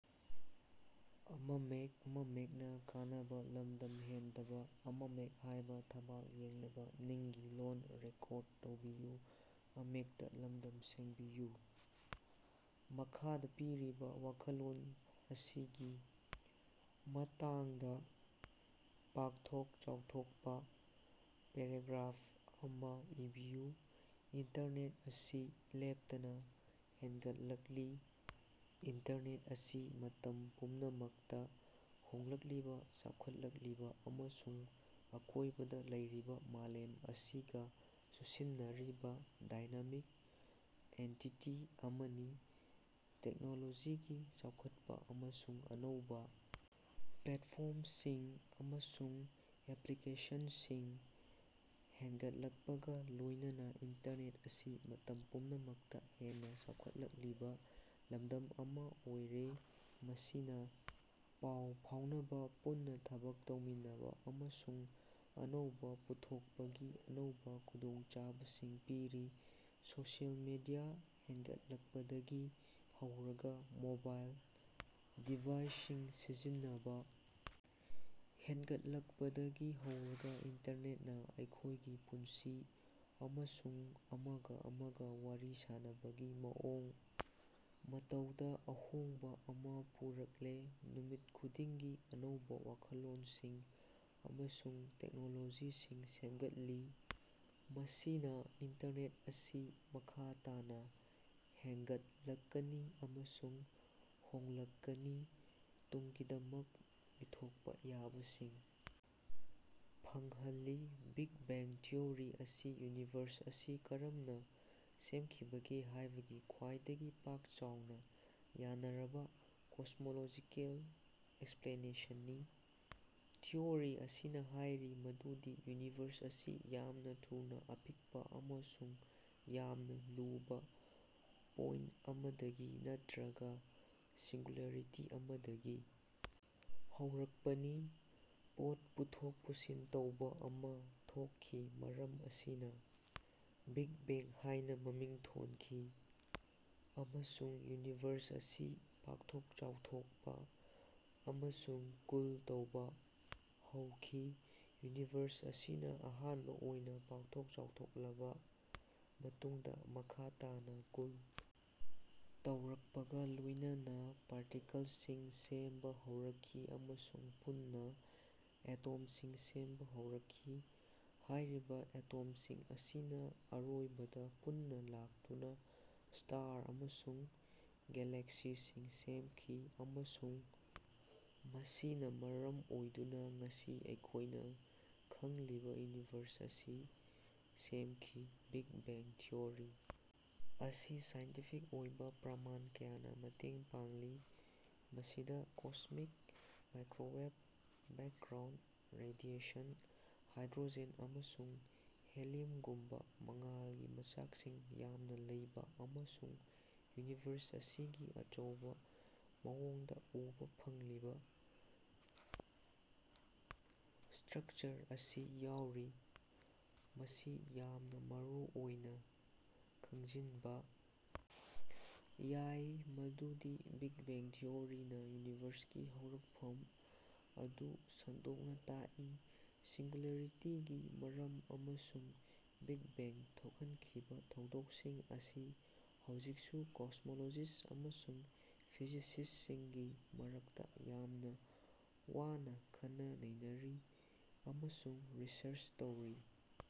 ꯃꯈꯥꯗꯥ ꯄꯤꯔꯤꯕꯥ ꯋꯥꯈꯜꯂꯣꯟ ꯑꯁꯤꯒꯤ ꯃꯇꯥꯡꯗꯥ ꯄꯥꯛꯊꯣꯛ ꯆꯥꯎꯊꯣꯛꯄꯥ ꯄꯦꯔꯥꯒ꯭ꯔꯥꯐ ꯑꯃꯥ ꯏꯕꯤꯌꯨ꯫ ꯏꯟꯇꯔꯅꯦꯠ ꯑꯁꯤ ꯂꯦꯞꯇꯅꯥ ꯍꯦꯟꯒꯠꯂꯛꯂꯤ꯫ ꯏꯟꯇꯔꯅꯦꯠ ꯑꯁꯤ ꯃꯇꯝ ꯄꯨꯝꯅꯃꯛꯇꯥ ꯍꯣꯡꯂꯛꯂꯤꯕꯥ ꯆꯥꯎꯈꯠꯂꯛꯂꯤꯕꯥ ꯑꯃꯁꯨꯡ ꯑꯀꯣꯏꯕꯗꯥ ꯂꯩꯔꯤꯕꯥ ꯃꯥꯂꯦꯝ ꯑꯁꯤꯒꯥ ꯆꯨꯁꯤꯟꯅꯔꯤꯕꯥ ꯗꯥꯏꯅꯥꯃꯤꯛ ꯑꯦꯟꯇꯤꯇꯤ ꯑꯃꯅꯤ꯫ ꯇꯦꯛꯅꯣꯂꯣꯖꯤꯒꯤ ꯆꯥꯎꯈꯠꯄꯥ ꯑꯃꯁꯨꯡ ꯑꯅꯧꯕꯥ ꯄ꯭ꯂꯦꯠꯐꯣꯝꯁꯤꯡ ꯑꯃꯁꯨꯡ ꯑꯦꯄ꯭ꯂꯤꯀꯦꯁꯟꯁꯤꯡ ꯍꯦꯟꯒꯠꯂꯛꯄꯒꯥ ꯂꯣꯏꯅꯅꯥ ꯏꯟꯇꯔꯅꯦꯠ ꯑꯁꯤ ꯃꯇꯝ ꯄꯨꯝꯅꯃꯛꯇꯥ ꯍꯦꯟꯅꯥ ꯆꯥꯎꯈꯠꯂꯛꯂꯤꯕꯥ ꯂꯝꯗꯝ ꯑꯃꯥ ꯑꯣꯏꯔꯦ ꯃꯁꯤꯅꯥ ꯄꯥꯎ ꯐꯥꯎꯅꯕꯥ ꯄꯨꯟꯅꯥ ꯊꯕꯛ ꯇꯧꯃꯤꯟꯅꯕꯥ ꯑꯃꯁꯨꯡ ꯑꯅꯧꯕꯥ ꯄꯨꯊꯣꯛꯄꯒꯤ ꯑꯅꯧꯕꯥ ꯈꯨꯗꯣꯡꯆꯥꯕꯁꯤꯡ ꯄꯤꯔꯤ꯫ ꯁꯣꯁꯤꯌꯦꯜ ꯃꯤꯗꯤꯌꯥ ꯍꯦꯟꯒꯠꯂꯛꯄꯗꯒꯤ ꯍꯧꯔꯒꯥ ꯃꯣꯕꯥꯏꯜ ꯗꯤꯚꯥꯏꯁꯁꯤꯡ ꯁꯤꯖꯤꯟꯅꯕꯥ ꯍꯦꯟꯒꯠꯂꯛꯄꯗꯒꯤ ꯍꯧꯔꯒꯥ ꯏꯟꯇꯔꯅꯦꯠꯅꯥ ꯑꯩꯈꯣꯏꯒꯤ ꯄꯨꯟꯁꯤ ꯑꯃꯁꯨꯡ ꯑꯃꯒ ꯑꯃꯒ ꯋꯥꯔꯤ ꯁꯥꯅꯕꯒꯤ ꯃꯑꯣꯡ ꯃꯇꯧꯗ ꯑꯍꯣꯡꯕ ꯑꯃ ꯄꯨꯔꯛꯂꯦ꯫ ꯅꯨꯃꯤꯠ ꯈꯨꯗꯤꯡꯒꯤ ꯑꯅꯧꯕ ꯋꯥꯈꯜꯂꯣꯟꯁꯤꯡ ꯑꯃꯁꯨꯡ ꯇꯦꯛꯅꯣꯂꯣꯖꯤꯁꯤꯡ ꯁꯦꯝꯒꯠꯂꯤ꯫ ꯃꯁꯤꯅ ꯏꯟꯇꯔꯅꯦꯠ ꯑꯁꯤ ꯃꯈꯥ ꯇꯥꯅ ꯍꯦꯡꯒꯠꯂꯛꯀꯅꯤ ꯑꯃꯁꯨꯡ ꯍꯣꯡꯂꯛꯀꯅꯤ ꯇꯨꯡꯒꯤꯗꯃꯛ ꯑꯣꯏꯊꯣꯛꯄ ꯌꯥꯕꯁꯤꯡ ꯐꯪꯍꯜꯂꯤ꯫ ꯕꯤꯒ ꯕꯦꯡ ꯊꯤꯑꯣꯔꯤ ꯑꯁꯤ ꯌꯨꯅꯤꯚꯔꯁ ꯑꯁꯤ ꯀꯔꯝꯅꯥ ꯁꯦꯝꯈꯤꯕꯒꯦ ꯍꯥꯏꯕꯒꯤ ꯈ꯭ꯋꯥꯏꯗꯒꯤ ꯄꯥꯛ ꯆꯥꯎꯅꯥ ꯌꯥꯅꯔꯕꯥ ꯀꯣꯁꯃꯣꯂꯣꯖꯤꯀꯦꯜ ꯑꯦꯛꯁꯄ꯭ꯂꯦꯅꯦꯁꯟꯅꯤ꯫ ꯊꯤꯑꯣꯔꯤ ꯑꯁꯤꯅꯥ ꯍꯥꯏꯔꯤ ꯃꯗꯨꯗꯤ ꯌꯨꯅꯤꯚꯔꯁ ꯑꯁꯤ ꯌꯥꯝꯅꯥ ꯊꯨꯅꯥ ꯑꯄꯤꯛꯄꯥ ꯑꯃꯁꯨꯡ ꯌꯥꯝꯅꯥ ꯂꯨꯕꯥ ꯄꯣꯏꯟꯠ ꯑꯃꯗꯒꯤ ꯅꯠꯇ꯭ꯔꯒꯥ ꯁꯤꯡꯒꯨꯂꯥꯔꯤꯇꯤ ꯑꯃꯗꯒꯤ ꯍꯧꯔꯛꯄꯅꯤ꯫ ꯄꯣꯠ ꯄꯨꯊꯣꯛ ꯄꯨꯁꯤꯟ ꯇꯧꯕꯥ ꯑꯃꯥ ꯊꯣꯛꯈꯤ ꯃꯔꯝ ꯑꯁꯤꯅꯥ ꯕꯤꯒ ꯕꯦꯡ ꯍꯥꯏꯅꯥ ꯃꯃꯤꯡ ꯊꯣꯟꯈꯤ ꯑꯃꯁꯨꯡ ꯌꯨꯅꯤꯚꯔꯁ ꯑꯁꯤ ꯄꯥꯛꯊꯣꯛ ꯆꯥꯎꯊꯣꯛꯄꯥ ꯑꯃꯁꯨꯡ ꯀꯨꯜ ꯇꯧꯕꯥ ꯍꯧꯈꯤ꯫ ꯌꯨꯅꯤꯚꯔꯁ ꯑꯁꯤꯅꯥ ꯑꯍꯥꯟꯕꯥ ꯑꯣꯏꯅꯥ ꯄꯥꯛꯊꯣꯛ ꯆꯥꯎꯊꯣꯛꯂꯕꯥ ꯃꯇꯨꯡꯗꯥ ꯃꯈꯥ ꯇꯥꯅꯥ ꯀꯨꯜ ꯇꯧꯔꯛꯄꯒꯥ ꯂꯣꯏꯅꯅꯥ ꯄꯥꯔꯇꯤꯀꯜꯁꯤꯡ ꯁꯦꯝꯕꯥ ꯍꯧꯔꯛꯈꯤ ꯑꯃꯁꯨꯡ ꯄꯨꯟꯅꯥ ꯑꯦꯇꯣꯝꯁꯤꯡ ꯁꯦꯝꯕꯥ ꯍꯧꯔꯛꯈꯤ꯫ ꯍꯥꯏꯔꯤꯕꯥ ꯑꯦꯇꯣꯝꯁꯤꯡ ꯑꯁꯤꯅꯥ ꯑꯔꯣꯏꯕꯗꯥ ꯄꯨꯟꯅꯥ ꯂꯥꯛꯇꯨꯅꯥ ꯁ꯭ꯇꯥꯔ ꯑꯃꯁꯨꯡ ꯒꯦꯂꯦꯛꯁꯤꯁꯤꯡ ꯁꯦꯝꯈꯤ ꯑꯃꯁꯨꯡ ꯃꯁꯤꯅꯥ ꯃꯔꯝ ꯑꯣꯏꯗꯨꯅꯥ ꯉꯁꯤ ꯑꯩꯈꯣꯏꯅꯥ ꯈꯪꯂꯤꯕꯥ ꯌꯨꯅꯤꯚꯔꯁ ꯑꯁꯤ ꯁꯦꯃꯈꯤ꯫ ꯕꯤꯒ ꯕꯦꯡ ꯊꯤꯑꯣꯔꯤ ꯑꯁꯤ ꯁꯥꯏꯟꯇꯤꯐꯤꯛ ꯑꯣꯏꯕꯥ ꯄ꯭ꯔꯃꯥꯟ ꯀꯌꯥꯅꯥ ꯃꯇꯦꯡ ꯄꯥꯡꯂꯤ ꯃꯁꯤꯗꯥ cosmic microwave background radiation hydrogen ꯑꯃꯁꯨꯡ ꯍꯤꯂꯤꯌꯝꯒꯨꯝꯕꯥ ꯃꯉꯥꯜꯒꯤ ꯃꯆꯥꯛꯁꯤꯡ ꯌꯥꯝꯅꯥ ꯂꯩꯕꯥ ꯑꯃꯁꯨꯡ ꯌꯨꯅꯤꯚꯔꯁ ꯑꯁꯤꯒꯤ ꯑꯆꯧꯕꯥ ꯃꯑꯣꯡꯗꯥ ꯎꯕꯥ ꯐꯪꯂꯤꯕꯥ ꯁ꯭ꯇꯔꯛꯆꯔ ꯑꯁꯤ ꯌꯥꯎꯔꯤ꯫ ꯃꯁꯤ ꯌꯥꯝꯅꯥ ꯃꯔꯨꯑꯣꯏꯅꯥ ꯈꯪꯖꯤꯟꯕꯥ ꯌꯥꯏ ꯃꯗꯨꯗꯤ ꯕꯤꯒ ꯕꯦꯡ ꯊꯤꯑꯣꯔꯤꯅꯥ ꯌꯨꯅꯤꯚꯔꯁꯀꯤ ꯍꯧꯔꯛꯐꯝ ꯑꯗꯨ ꯁꯟꯗꯣꯛꯅꯥ ꯇꯥꯛꯏ꯫ ꯁꯤꯡꯒꯨꯂꯥꯔꯤꯇꯤꯒꯤ ꯃꯔꯝ ꯑꯃꯁꯨꯡ ꯕꯤꯒ ꯕꯦꯡ ꯊꯣꯛꯍꯟꯈꯤꯕꯥ ꯊꯧꯗꯣꯛꯁꯤꯡ ꯑꯁꯤ ꯍꯧꯖꯤꯛꯁꯨ ꯀꯣꯁ꯭ꯃꯣꯂꯣꯖꯤꯁ꯭ꯠ ꯑꯃꯁꯨꯡ ꯐꯤꯖꯤꯁꯤꯁ꯭ꯇꯁꯤꯡꯒꯤ ꯃꯔꯛꯇꯥ ꯌꯥꯝꯅꯥ ꯋꯥꯅꯥ ꯈꯟꯅ ꯅꯩꯅꯔꯤ ꯑꯃꯁꯨꯡ ꯔꯤꯁꯔꯆ ꯇꯧꯔꯤ꯫